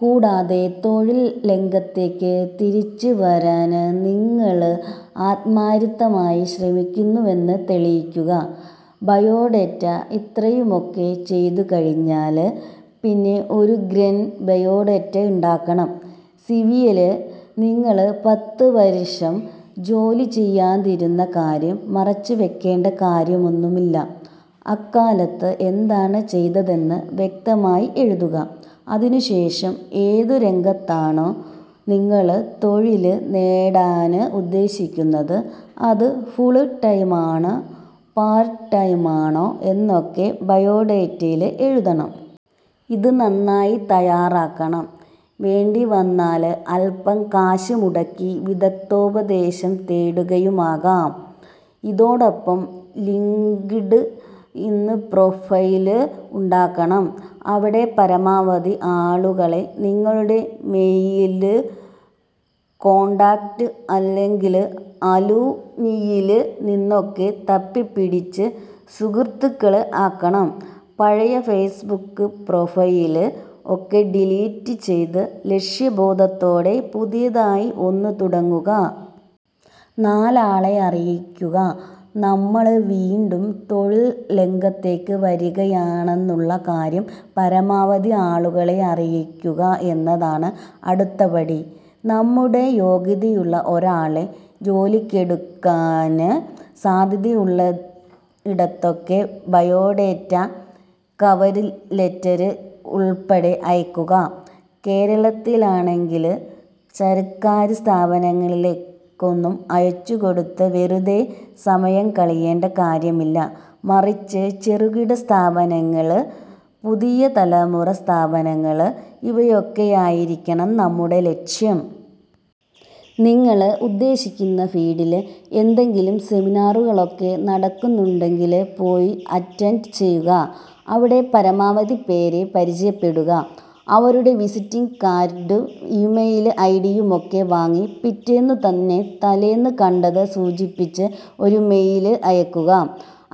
കൂടാതെ തൊഴില്രംഗത്തേക്ക് തിരിച്ചുവരാന് നിങ്ങള് ആത്മാര്ഥമായി ശ്രമിക്കുന്നുവെന്ന് തെളിയിക്കുക. ബയോഡേറ്റ ഇത്രയുമൊക്കെ ചെയ്തുകഴിഞ്ഞാല് പിന്നെ ഒരുഗ്രന് ബയോഡാറ്റ ഉണ്ടാക്കണം. സിവിയില് നിങ്ങള് പത്തുവര്ഷം ജോലി ചെയ്യാതിരുന്ന കാര്യം മറച്ചുവെക്കേണ്ട കാര്യമൊന്നുമില്ല. അക്കാലത്ത് എന്താണ് ചെയ്തതെന്ന് വ്യക്തമായി എഴുതുക. അതിനുശേഷം ഏതു രംഗത്താണോ നിങ്ങള് തൊഴില് നേടാന് ഉദ്ദേശിക്കുന്നത് അത് ഫുള് ടൈമാണോ പാര്ട്ട് ടൈമാണോ എന്നൊക്കെ ബയോഡേറ്റയില് എഴുതണം. ഇത് നന്നായി തയ്യാറാക്കണം. വേണ്ടിവന്നാല് അല്പ്പം കാശ് മുടക്കി വിദഗ്ദ്ധോപദേശം തേടുകയുമാകാം. ഇതോടൊപ്പം ഒരു ലിങ്ക്ഡ് ഇന് പ്രൊഫൈല് ഉണ്ടാക്കണം, അവിടെ പരമാവധി ആളുകളെ നിങ്ങളുടെ മെയില് കോണ്ടാക്ട് അല്ലെങ്കില് അലുംനിയില് നിന്നൊക്കെ തപ്പിപ്പിടിച്ച് സുഹൃത്തുക്കള് ആക്കണം. പഴയ ഫെയ്സ്ബുക്ക് പ്രൊഫൈല് ഒക്കെ ഡിലീറ്റ് ചെയ്ത് ലക്ഷ്യബോധത്തോടെ പുതിയതായി ഒന്ന് തുടങ്ങുക. നാലാളെ അറിയിക്കുക നമ്മള് വീണ്ടും തൊഴില്രംഗത്തേക്ക് വരികയാണെന്നുള്ള കാര്യം പരമാവധി ആളുകളെ അറിയിക്കുക എന്നതാണ് അടുത്ത പടി. നമ്മളുടെ യോഗ്യതയുള്ള ഒരാളെ ജോലിക്കെടുക്കാന് സാധ്യതയുള്ളിടത്തൊക്കെ ബയോഡേറ്റ, കവര് ലെറ്റര് ഉള്പ്പെടെ അയയ്ക്കുക. കേരളത്തിലാണെങ്കില് സര്ക്കാര് സ്ഥാപനങ്ങളിലേക്കൊന്നും അയച്ചുകൊടുത്ത് വെറുതെ സമയം കളയേണ്ട കാര്യമില്ല. മറിച്ച് ചെറുകിട സ്ഥാപനങ്ങള്, പുതിയ തലമുറ സ്ഥാപനങ്ങള് ഇവയൊക്കെയായിരിക്കണം നമ്മുടെ ലക്ഷ്യം. നിങ്ങള് ഉദ്ദേശിക്കുന്ന ഫീല്ഡില് എന്തെങ്കിലും സെമിനാറുകളൊക്കെ നടക്കുന്നുണ്ടെങ്കില് പോയി അറ്റന്റ് ചെയ്യുക, അവിടെ പരമാവധി പേരെ പരിചയപ്പെടുക, അവരുടെ വിസിറ്റിംഗ് കാര്ഡും ഈമെയില് ഐഡിയുമൊക്കെ വാങ്ങി പിറ്റേന്നുതന്നെ തലേന്ന് കണ്ടത് സൂചിപ്പിച്ച് ഒരു മെയില് അയക്കുക.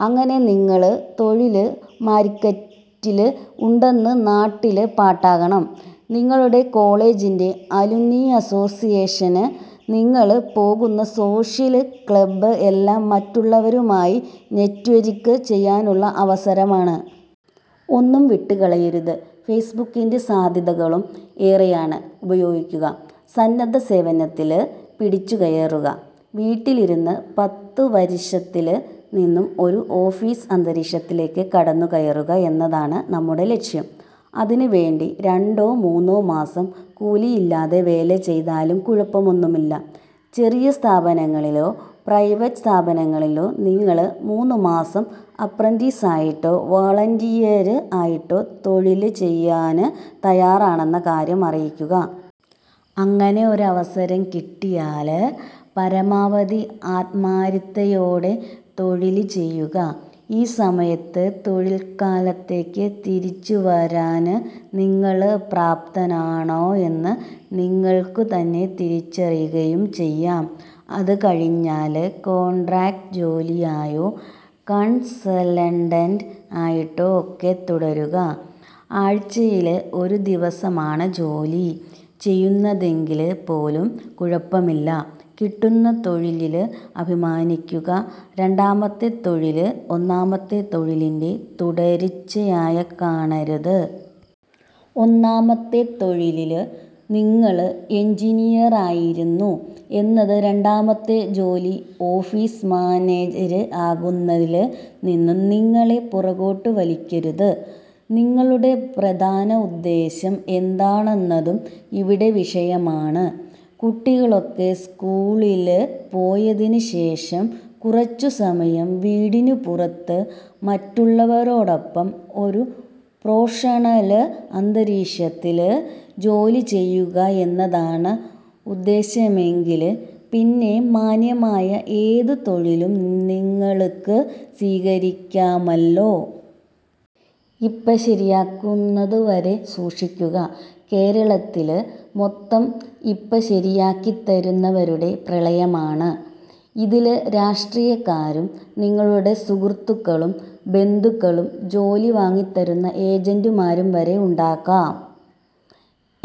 അങ്ങനെ നിങ്ങള് തൊഴില് മാര്ക്കറ്റില് ഉണ്ടെന്ന് നാട്ടില് പാട്ടാക്കണം. നിങ്ങളുടെ കോളേജിന്റെ അലുംനി അസോസിയേഷന്, നിങ്ങള് പോകുന്ന സോഷ്യല് ക്ലബ് എല്ലാം മറ്റുള്ളവരുമായി നെറ്റ്വര്ക്ക് ചെയ്യാനുള്ള അവസരമാണ്. ഒന്നും വിട്ടുകളയരുത്. ഫെയ്സ്ബുക്കിന്റെ സാധ്യതകളും ഏറെയാണ്, ഉപയോഗിക്കുക. സന്നദ്ധസേവനത്തില് പിടിച്ചുകയറുക വീട്ടിലിരുന്ന പത്തുവര്ഷത്തില് നിന്നും ഒരു ഓഫീസ് അന്തരീക്ഷത്തിലേക്ക് കടന്നുകയറുക എന്നതാണ് നമ്മുടെ ലക്ഷ്യം. അതിനുവേണ്ടി രണ്ടോ മൂന്നോ മാസം കൂലിയില്ലാതെ വേല ചെയ്താലും കുഴപ്പമൊന്നുമില്ല. ചെറിയ സ്ഥാപനങ്ങളിലോ പ്രൈവറ്റ് സ്ഥാപനങ്ങളിലോ നിങ്ങള് മൂന്നുമാസം 'അപ്രന്റീസ്' ആയിട്ടോ 'വോളണ്ടിയര്' ആയിട്ടോ തൊഴില് ചെയ്യാന് തയ്യാറാണെന്ന കാര്യം അറിയിക്കുക. അങ്ങനെ ഒരവസരം കിട്ടിയാല് പരമാവധി ആത്മാര്ത്ഥതയോടെ തൊഴില് ചെയ്യുക. ഈ സമയത്ത് തൊഴില്ക്കാലത്തേക്ക് തിരിച്ചുവരാന് നിങ്ങള് പ്രാപ്തനാണോ എന്ന് നിങ്ങള്ക്കുതന്നെ തിരിച്ചറിയുകയും ചെയ്യാം. അത് കഴിഞ്ഞാല് കോണ്ട്രാക്ട് ജോലിയായോ കണ്സല്ട്ടന്റ് ആയിട്ടോ ഒക്കെ തുടരുക. ആഴ്ചയില് ഒരു ദിവസമാണ് ജോലി ചെയ്യുന്നതെങ്കില് പോലും കുഴപ്പമില്ല. കിട്ടുന്ന തൊഴിലില് അഭിമാനിക്കുക രണ്ടാമത്തെ തൊഴില് ഒന്നാമത്തെ തൊഴിലിന്റെ തുടര്ച്ചയായി കാണരുത്. ഒന്നാമത്തെ തൊഴിലില് നിങ്ങള് എന്ജിനീയറായിരുന്നു എന്നത് രണ്ടാമത്തെ ജോലി ഓഫീസ് മാനേജര് ആകുന്നതില് നിന്നും നിങ്ങളെ പുറകോട്ടു വലിക്കരുത്. നിങ്ങളുടെ പ്രധാന ഉദ്ദേശ്യം എന്താണെന്നതും ഇവിടെ വിഷയമാണ്. കുട്ടികളൊക്കെ സ്കൂളില് പോയതിനുശേഷം കുറച്ചുസമയം വീടിനു പുറത്ത് മറ്റുള്ളവരോടൊപ്പം ഒരു പ്രൊഫഷണല് അന്തരീക്ഷത്തില് ജോലി ചെയ്യുക എന്നതാണ് ഉദ്ദേശമെങ്കില് പിന്നെ മാന്യമായ ഏതു തൊഴിലും നിങ്ങള്ക്ക് സ്വീകരിക്കാമല്ലോ. 'ഇപ്പ ശരിയാക്കുന്ന'വരെ സൂക്ഷിക്കുക കേരളത്തില് മൊത്തം 'ഇപ്പ ശരിയാക്കിത്തരുന്ന'വരുടെ പ്രളയമാണ്. ഇതില് രാഷ്ട്രീയക്കാരും, നിങ്ങളുടെ സുഹൃത്തുക്കളും, ബന്ധുക്കളും, ജോലി വാങ്ങിത്തരുന്ന ഏജന്റുമാരും വരെ ഉണ്ടാകാം.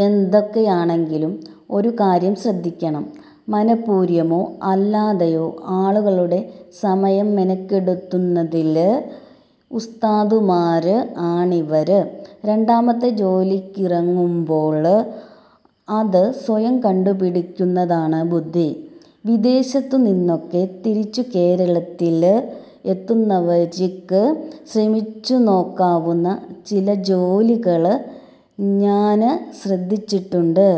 എന്തൊക്കെയാണെങ്കിലും ഒരു കാര്യം ശ്രദ്ധിക്കണം. മനഃപൂര്വമോ അല്ലാതെയോ ആളുകളുടെ സമയം മെനക്കെടുത്തുന്നതില് ഉസ്താദുമാര് ആണിവര്. രണ്ടാമത്തെ ജോലിക്കിറങ്ങുമ്പോള് അത് സ്വയം കണ്ടുപിടിക്കുന്നതാണ് ബുദ്ധി. വിദേശത്തു നിന്നൊക്കെ തിരിച്ചു കേരളത്തില് എത്തുന്നവര്ക്ക് ശ്രമിച്ചുനോക്കാവുന്ന ചില ജോലികള് ഞാന് ശ്രദ്ധിച്ചിട്ടുണ്ട്.